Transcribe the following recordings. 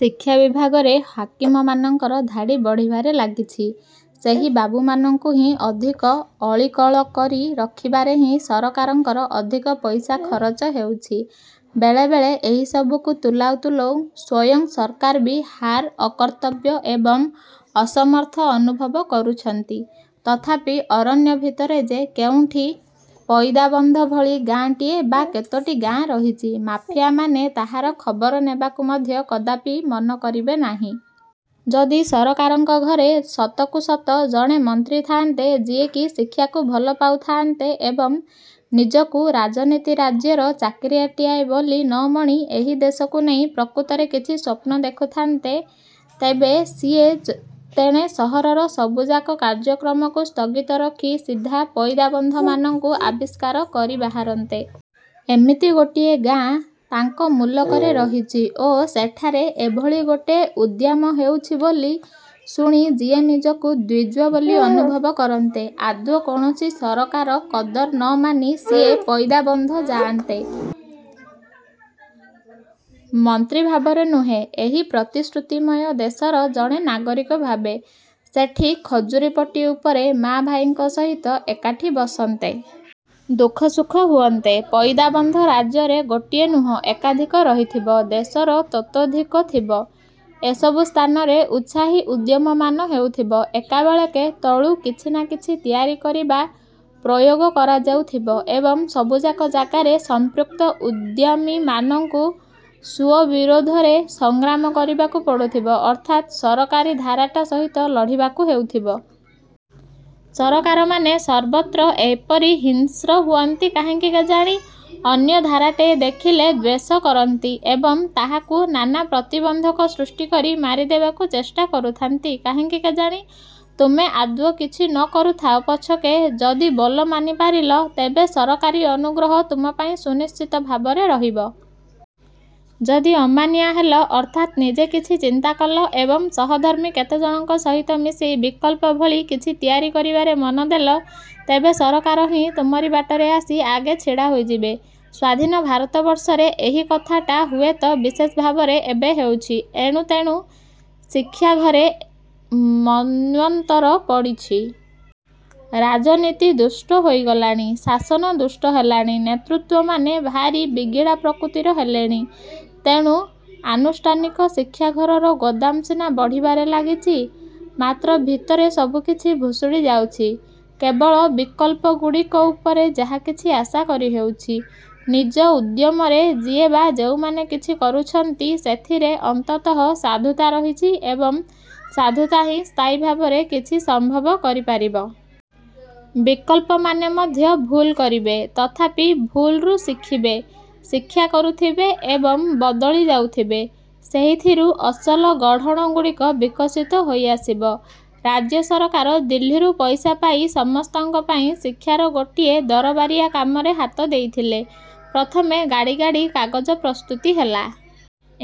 ଶିକ୍ଷା ବିଭାଗରେ ହାକିମମାନଙ୍କର ଧାଡ଼ି ବଢ଼ିବାରେ ଲାଗିଛି। ସେହି ବାବୁମାନଙ୍କୁ ହିଁ ଅଧିକ ଅଲିଅଳ କରି ରଖିବାରେ ହିଁ ସରକାରଙ୍କର ଅଧିକ ପଇସା ଖରଚ ହେଉଛି। ବେଳେବେଳେ ଏସବୁକୁ ତୁଲାଉ ତୁଲାଉ ସ୍ୱୟଂ ସରକାର ବି ଭାରି ଅକର୍ତ୍ତବ୍ୟ ଏବଂ ଅସମର୍ଥ ଅନୁଭବ କରୁଛନ୍ତି। ତଥାପି ଅରଣ୍ୟ ଭିତରେ ଯେ କେଉଁଠି ପଇଦାବନ୍ଧ ଭଳି ଗାଆଁଟିଏ ବା କେତୋଟି ଗାଆଁ ରହିଛି, ମାଫିଆମାନେ ତାହାର ଖବର ନେବାକୁ ମଧ୍ୟ କଦାପି ମନ କରିବେ ନାହିଁ। ଯଦି ସରକାରଙ୍କ ଘରେ ସତକୁ ସତ ଜଣେ ମନ୍ତ୍ରୀ ଥାଆନ୍ତେ, ଯିଏକି ଶିକ୍ଷାକୁ ଭଲ ପାଉଥାଆନ୍ତେ ଏବଂ ନିଜକୁ ରାଜନୀତି ରାଜ୍ୟର ଚାକିରିଆଟିଆଏ ବୋଲି ନମଣି ଏହି ଦେଶକୁ ନେଇ ପ୍ରକୃତରେ କିଛି ସ୍ୱପ୍ନ ଦେଖୁଥାନ୍ତେ, ତେବେ ସିଏ ଚ ତେଣେ ସହରର ସବୁଯାକ କାର୍ଯ୍ୟକ୍ରମକୁ ସ୍ଥଗିତ ରଖି ସିଧା ପଇଦାବନ୍ଧ ମାନଙ୍କୁ ଆବିଷ୍କାର କରି ବାହାରନ୍ତେ। ଏମିତି ଗୋଟିଏ ଗାଆଁ ତାଙ୍କ ମୁଲକରେ ରହିଛି ଓ ସେଠାରେ ଏଭଳି ଗୋଟେ ଉଦ୍ୟମ ହେଉଛି ବୋଲି ଶୁଣି ସିଏ ନିଜକୁ ଦ୍ୱିଜ ବୋଲି ଅନୁଭବ କରନ୍ତେ। ଆଦୌ କୌଣସି ସରକାର କଦର ନମାନି ସିଏ ପଇଦାବନ୍ଧ ଯାଆନ୍ତେ। ମନ୍ତ୍ରୀ ଭାବରେ ନୁହେଁ, ଏହି ପ୍ରତିଶ୍ରୁତିମୟ ଦେଶର ଜଣେ ନାଗରିକ ଭାବେ ସେଠି ଖଜୁରିପଟି ଉପରେ ମାଆ ଭାଇମାନଙ୍କ ସହିତ ଏକାଠି ବସନ୍ତେ। ଦୁଃଖ ସୁଖ ହୁଅନ୍ତେ। ପଇଦାବନ୍ଧ ରାଜ୍ୟରେ ଗୋଟିଏ ନୁହେଁ, ଏକାଧିକ ରହିଥିବ। ଦେଶର ତତୋଃଧିକ। ଥିବ। ଏସବୁ ସ୍ଥାନରେ ଉତ୍ସାହୀ ଉଦ୍ୟମମାନ ହେଉଥିବ। ଏକାବେଳେକେ ତଳୁ କିଛି ନା କିଛି ତିଆରି କରିବା ପ୍ରୟୋଗ କରାଯାଉଥିବ ଏବଂ ସବୁଯାକ ଜାଗାରେ ସମ୍ପୃକ୍ତ ଉଦ୍ୟମୀମାନଙ୍କୁ ସୁଅ ବିରୋଧରେ ସଂଗ୍ରାମ କରିବାକୁ ପଡୁଥିବ ଅର୍ଥାତ୍ ସରକାରୀ ଧାରାଟା ସହିତ ଲଢ଼ିବାକୁ ହେଉଥିବ। ସରକାରମାନେ ସର୍ବତ୍ର ଏପରି ହିଂସ୍ର ହୁଅନ୍ତି କାହିଁକି କେଜାଣି? ଅନ୍ୟ ଧାରାଟେ ଦେଖିଲେ ଦ୍ୱେଷ କରନ୍ତି ଏବଂ ତାହାକୁ ନାନା ପ୍ରତିବନ୍ଧକ ସୃଷ୍ଟିକରି ମାରିଦେବାକୁ ଚେଷ୍ଟା କରୁଥାନ୍ତି କାହିଁକି କେଜାଣି? ତୁମେ ଆଦୌ କିଛି ନକରୁଥାଅ ପଛକେ, ଯଦି ବୋଲ ମାନିପାରିଲ, ତେବେ ସରକାରୀ ଅନୁଗ୍ରହ ତୁମ ପାଇଁ ସୁନିଶ୍ଚିତ ଭାବରେ ରହିବ। ଯଦି ଅମାନିଆ ହେଲ, ଅର୍ଥାତ୍ ନିଜେ କିଛି ଚିନ୍ତା କଲ ଏବଂ ସହଧର୍ମୀ କେତେଜଣଙ୍କ ସହିତ ମିଶି ବିକଳ୍ପ ଭଳି କିଛି ତିଆରି କରିବାରେ ମନଦେଲ, ତେବେ ସରକାର ହିଁ ତୁମରି ବାଟରେ ଆସି ଆଗ ଛିଡ଼ା ହୋଇଯିବେ। ସ୍ଵାଧୀନ ଭାରତବର୍ଷରେ ଏହି କଥାଟା ହୁଏତ ବିଶେଷ ଭାବରେ ଏବେ ହେଉଛି ଏଣୁ ତେଣୁ ଶିକ୍ଷାଘରେ ମନ୍ୱନ୍ତର ପଡ଼ିଛି। ରାଜନୀତି ଦୁଷ୍ଟ ହୋଇଗଲାଣି, ଶାସନ ଦୁଷ୍ଟ ହେଲାଣି, ନେତୃତ୍ୱମାନେ ଭାରି ବିଗିଡ଼ା ପ୍ରକୃତିର ହେଲେଣି। ତେଣୁ ଆନୁଷ୍ଠାନିକ ଶିକ୍ଷାଘରର ଗୋଦାମ ସିନା ବଢ଼ିବାରେ ଲାଗିଛି, ମାତ୍ର ଭିତରେ ସବୁକିଛି ଭୁଷଡ଼ି ଯାଉଛି। କେବଳ ବିକଳ୍ପଗୁଡ଼ିକ ଉପରେ ଯାହା କିଛି ଆଶା କରି ହେଉଛି। ନିଜ ଉଦ୍ୟମରେ ଯିଏ ବା ଯେଉଁମାନେ କିଛି କରୁଛନ୍ତି, ସେଥିରେ ଅନ୍ତତଃ ସାଧୁତା ରହିଛି ଏବଂ ସାଧୁତା ହିଁ ସ୍ଥାୟୀ ଭାବରେ କିଛି ସମ୍ଭବ କରିପାରିବ! ବିକଳ୍ପମାନେ ମଧ୍ୟ ଭୁଲ କରିବେ, ତଥାପି ଭୁଲରୁ ଶିଖିବେ। ଶିକ୍ଷା କରୁଥିବେ ଏବଂ ବଦଳି ଯାଉଥିବେ। ସେଇଥିରୁ ଅସଲ ଗଢ଼ଣ ଗୁଡ଼ିକ ବିକଶିତ ହୋଇଆସିବ। ରାଜ୍ୟ ସରକାର ଦିଲ୍ଲୀରୁ ପଇସା ପାଇ ସମସ୍ତଙ୍କ ପାଇଁ ଶିକ୍ଷାର ଗୋଟିଏ ଦରବାରିଆ କାମରେ ହାତ ଦେଇଥିଲେ। ପ୍ରଥମେ ଗାଡ଼ି ଗାଡ଼ି କାଗଜ ପ୍ରସ୍ତୁତି ହେଲା।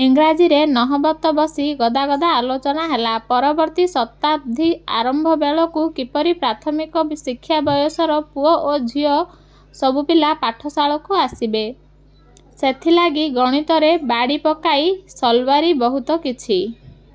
ଇଂରାଜୀରେ ନହବତ ବସି ଗଦା ଗଦା ଆଲୋଚନା ହେଲା। ପରବର୍ତ୍ତୀ ଶତାବ୍ଦୀ ଆରମ୍ଭ ବେଳକୁ କିପରି ପ୍ରାଥମିକ ଶିକ୍ଷା ବୟସର ପୁଅ ଓ ଝିଅ ସବୁପିଲା ପାଠଶାଳକୁ ଆସିବେ, ସେଥିଲାଗି ଗଣିତରେ ବାଡ଼ି ପକାଇ ସାଲୱାରି ବହୁତ କିଛି